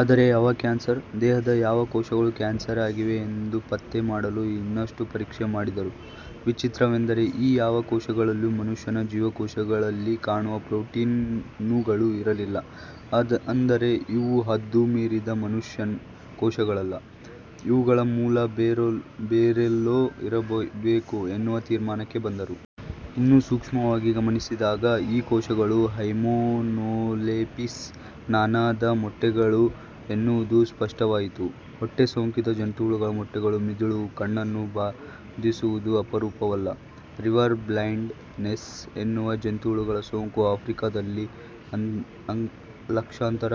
ಆದರೆ ಯಾವ ಕ್ಯಾನ್ಸರ್? ದೇಹದ ಯಾವ ಕೋಶಗಳು ಕ್ಯಾನ್ಸರ್ ಆಗಿವೆ ಎಂದು ಪತ್ತೆ ಮಾಡಲು ಇನ್ನಷ್ಟು ಪರೀಕ್ಷೆ ಮಾಡಿದರು. ವಿಚಿತ್ರವೆಂದರೆ ಈ ಯಾವ ಕೋಶಗಳಲ್ಲೂ ಮನುಷ್ಯನ ಜೀವಕೋಶಗಳಲ್ಲಿ ಕಾಣುವ ಪ್ರೊಟೀನುಗಳು ಇರಲಿಲ್ಲ. ಅಂದರೆ ಇವು ಹದ್ದು ಮೀರಿದ ಮನುಷ್ಯ ಕೋಶಗಳಲ್ಲ. ಇವುಗಳ ಮೂಲ ಬೇರೆಲ್ಲೋ ಇರಬೇಕು ಎನ್ನುವ ತೀರ್ಮಾನಕ್ಕೆ ಬಂದರು. ಇನ್ನೂ ಸೂಕ್ಷ್ಮವಾಗಿ ಗಮನಿಸಿದಾಗ ಈ ಕೋಶಗಳು ಹೈಮೆನೋಲೆಪಿಸ್ ನಾನಾ ದ ಮೊಟ್ಟೆಗಳು ಎನ್ನುವುದು ಸ್ಪಷ್ಟವಾಯಿತು. ಹೊಟ್ಟೆ ಸೋಂಕಿದ ಜಂತುಹುಳುಗಳ ಮೊಟ್ಟೆಗಳು ಮಿದುಳು, ಕಣ್ಣನ್ನು ಬಾಧಿಸುವುದು ಅಪರೂಪವಲ್ಲ. ರಿವರ್ ಬ್ಲೈಂಡ್ ನೆಸ್ ಎನ್ನುವ ಜಂತುಹುಳದ ಸೋಂಕು ಆಫ್ರಿಕಾದಲ್ಲಿ ಲಕ್ಷಾಂತರ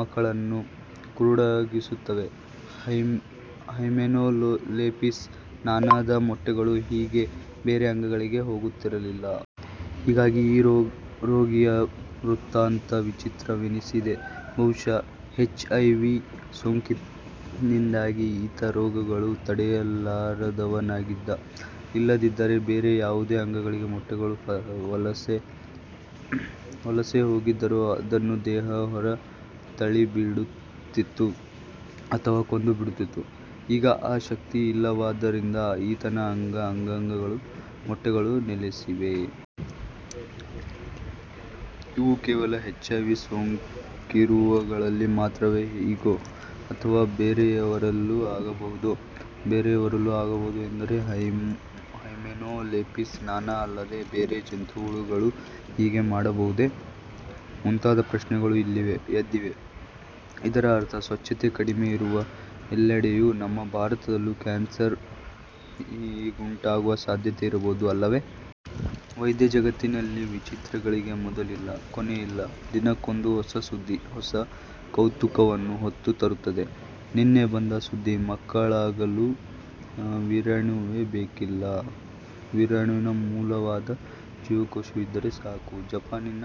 ಮಕ್ಕಳನ್ನು ಕುರುಡಾಗಿಸುತ್ತದೆ. ಹೈಮೆನೋಲೆಪಿಸ್ ನಾನಾ ದ ಮೊಟ್ಟೆಗಳು ಹೀಗೆ ಬೇರೆ ಅಂಗಗಳಿಗೆ ಹೋಗುತ್ತಿರಲಿಲ್ಲ. ಹೀಗಾಗಿ ಈ ರೋಗಿಯ ವೃತ್ತಾಂತ ವಿಚಿತ್ರವೆನ್ನಿಸಿದೆ. ಬಹುಶಃ ಎಚ್ ಐ ವಿ ಸೋಂಕಿನಿಂದಾಗಿ ಈತ ರೋಗಗಳನ್ನು ತಡೆಯಲಾರದವನಾಗಿದ್ದ. ಇಲ್ಲದಿದ್ದರೆ ಬೇರೆ ಯಾವುದೇ ಅಂಗಗಳಿಗೆ ಮೊಟ್ಟೆಗಳು ವಲಸೆ ಹೋಗಿದ್ದರೂ ಅವನ್ನು ದೇಹ ಹೊರ ತಳ್ಳಿಬಿಡುತ್ತಿತ್ತು. ಅಥವಾ ಕೊಂದು ಬಿಡುತ್ತಿತ್ತು. 'ಈಗ ಆ ಶಕ್ತಿ ಇಲ್ಲವಾದ್ದರಿಂದ ಈತನ ಅಂಗ ಅಂಗಗಳಲ್ಲೂ ಮೊಟ್ಟೆಗಳು ನೆಲೆಸಿವೆ. ಇವು ಕೇವಲ ಎಚ್ ಐ ವಿ. ಸೋಂಕಿರುವವರಲ್ಲಿ ಮಾತ್ರವೇ ಹೀಗೋ? ಅಥವಾ ಬೇರೆಯವರಲ್ಲೂ ಆಗಬಹುದೋ. ಬೇರೆಯವರಲ್ಲೂ ಆಗಬಹುದು ಎಂದರೆ ಹೈಮೆನೊಲೆಪಿಸ್ ನಾನಾ ಅಲ್ಲದೆ ಬೇರೆ ಜಂತುಹುಳುಗಳೂ ಹೀಗೆ ಮಾಡಬಹುದೇ? ಮುಂತಾದ ಪ್ರಶ್ನೆಗಳು ಎದ್ದಿವೆ. ಇದರ ಅರ್ಥ ಸ್ವಚ್ಛತೆ ಕಡಿಮೆ ಇರುವ ಎಲ್ಲೆಡೆಯೂ, ನಮ್ಮ ಭಾರತದಲ್ಲೂ, ಕ್ಯಾನ್ಸರ್ ಹೀಗುಂಟಾಗುವ ಸಾಧ್ಯತೆ ಇರಬಹುದು ಅಲ್ಲವೇ? ವೈದ್ಯ ಜಗತ್ತಿನಲ್ಲಿ ವಿಚಿತ್ರಗಳಿಗೆ ಮೊದಲಿಲ್ಲ, ಕೊನೆಯಿಲ್ಲ. ದಿನಕ್ಕೊಂದು ಹೊಸ ಸುದ್ದಿ. ಹೊಸ ಕೌತುಕವನ್ನು ಹೊತ್ತು ತರುತ್ತದೆ. ನಿನ್ನೆ ಬಂದ ಸುದ್ದಿ. ಮಕ್ಕಳಾಗಲು ವೀರ್ಯಾಣುವೇ ಬೇಕಿಲ್ಲ. ವೀರ್ಯಾಣುವಿನ ಮೂಲವಾದ ಜೀವಕೋಶವಿದ್ದರೆ ಸಾಕು. ಜಪಾನಿನ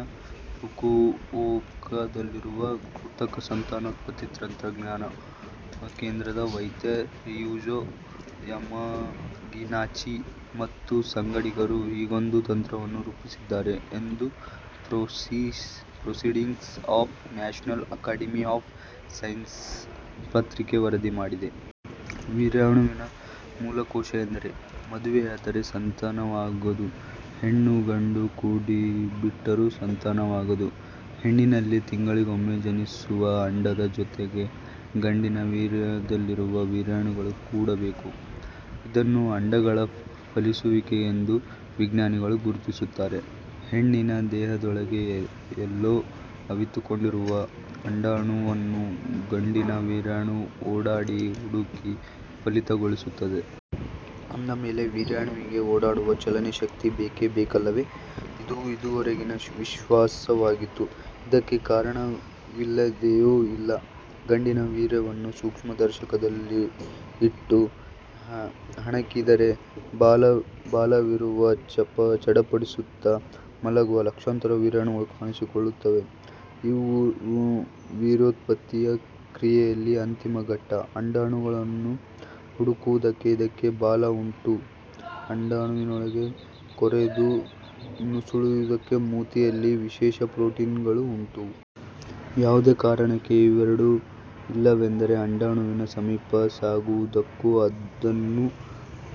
ಫುಕುವೋಕಾದಲ್ಲಿರುವ ಕೃತಕ ಸಂತಾನೋತ್ಪತ್ತಿ ತಂತ್ರಜ್ಞಾನ ಕೇಂದ್ರದ ವೈದ್ಯ ರಿಯುಜೊ ಯಮಗಿನಾಚಿ ಮತ್ತು ಸಂಗಡಿಗರು ಹೀಗೊಂದು ತಂತ್ರವನ್ನು ರೂಪಿಸಿದ್ದಾರೆ ಎಂದು Proceedings of National Academy of Sciences ಪತ್ರಿಕೆ ವರದಿ ಮಾಡಿದೆ. ವೀರ್ಯಾಣುವಿನ ಮೂಲಕೋಶ ಎಂದರೆ? ಮದುವೆಯಾದರೆ ಸಂತಾನವಾಗದು. ಹೆಣ್ಣು, ಗಂಡು ಕೂಡಿಬಿಟ್ಟರೂ ಸಂತಾನವಾಗದು. ಹೆಣ್ಣಿನಲ್ಲಿ ತಿಂಗಳಿಗೊಮ್ಮೆ ಜನಿಸುವ ಅಂಡದ ಜೊತೆಗೆ ಗಂಡಿನ ವೀರ್ಯದಲ್ಲಿರುವ ವೀರ್ಯಾಣುಗಳು ಕೂಡಬೇಕು. ಇದನ್ನು ಅಂಡಗಳ ಫಲಿಸುವಿಕೆ ಎಂದು ವಿಜ್ಞಾನಿಗಳು ಗುರುತಿಸುತ್ತಾರೆ. ಹೆಣ್ಣಿನ ದೇಹದೊಳಗೆ ಎಲ್ಲೋ ಅವಿತುಕೊಂಡಿರುವ ಅಂಡಾಣುವನ್ನು ಗಂಡಿನ ವೀರ್ಯಾಣು ಓಡಾಡಿ ಹುಡುಕಿ ಫಲಿತಗೊಳಿಸುತ್ತದೆ. ಅಂದ ಮೇಲೆ ವೀರ್ಯಾಣುವಿಗೆ ಓಡಾಡುವ, ಚಲನೆಯ ಶಕ್ತಿ ಬೇಕೇ ಬೇಕಲ್ಲವೇ? ಇದು ಇದುವರೆಗಿನ ವಿಶ್ವಾಸವಾಗಿತ್ತು. ಇದಕ್ಕೆ ಕಾರಣವಿಲ್ಲದೆಯೂ ಇಲ್ಲ. ಗಂಡಿನ ವೀರ್ಯವನ್ನು ಸೂಕ್ಷ್ಮದರ್ಶಕದಡಿಯಲ್ಲಿ ಇಟ್ಟು ಹಣಿಕಿದರೆ ಬಾಲವಿರುವ, ಚಡಪಡಿಸುತ್ತ ಮುಲುಗುವ ಲಕ್ಷಾಂತರ ವೀರ್ಯಾಣುಗಳು ಕಾಣಿಸುತ್ತವೆ. ಇವು ವೀರ್ಯೋತ್ಪತ್ತಿಯ ಕ್ರಿಯೆಯಲ್ಲಿ ಅಂತಿಮ ಘಟ್ಟ. ಅಂಡಾಣುವನ್ನು ಹುಡುಕುವುದಕ್ಕೆ ಇವಕ್ಕೆ ಬಾಲವುಂಟು, ಅಂಡಾಣುವಿನೊಳಗೆ ಕೊರೆದು ನುಸುಳುವುದಕ್ಕೆ ಮೂತಿಯಲ್ಲಿ ವಿಶೇಷ ಪ್ರೊಟೀನುಗಳೂ ಉಂಟು. ಯಾವುದೇ ಕಾರಣಕ್ಕೆ ಇವೆರಡೂ ಇಲ್ಲವೆಂದರೆ ಅಂಡಾಣುವಿನ ಸಮೀಪ ಸಾಗುವುದಕ್ಕೂ, ಅದನ್ನು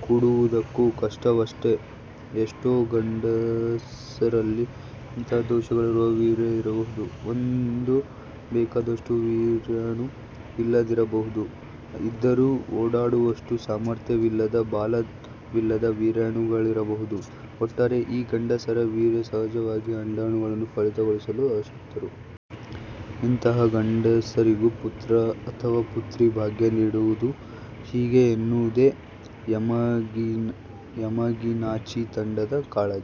ಕೂಡುವುದಕ್ಕೂ ಕಷ್ಟವಷ್ಟೆ! ಎಷ್ಟೋ ಗಂಡಸರಲ್ಲಿ ಇಂತಹ ದೋಷವಿರುವ ವೀರ್ಯ ಇರಬಹುದು. ಒಂದೋ ಬೇಕಾದಷ್ಟು ವೀರ್ಯಾಣು ಇಲ್ಲದಿರಬಹುದು. ಇದ್ದರೂ ಓಡಾಡುವಷ್ಟು ಸಾಮರ್ಥ್ಯವಿಲ್ಲದ, ಬಾಲವಿಲ್ಲದ ವೀರ್ಯಾಣುಗಳಿರಬಹುದು. ಒಟ್ಟಾರೆ ಈ ಗಂಡಸರ ವೀರ್ಯ ಸಹಜವಾಗಿ ಅಂಡಾಣುವನ್ನು ಫಲಿತಗೊಳಿಸಲು ಅಶಕ್ತರು. ಇಂತಹ ಗಂಡಸರಿಗೂ ಪುತ್ರ ಅಥವಾ ಪುತ್ರಿಭಾಗ್ಯ ನೀಡುವುದು ಹೇಗೆ ಎನ್ನುವುದೇ ಯಮಗಿನಾಚಿ ತಂಡದ ಕಾಳಜಿ.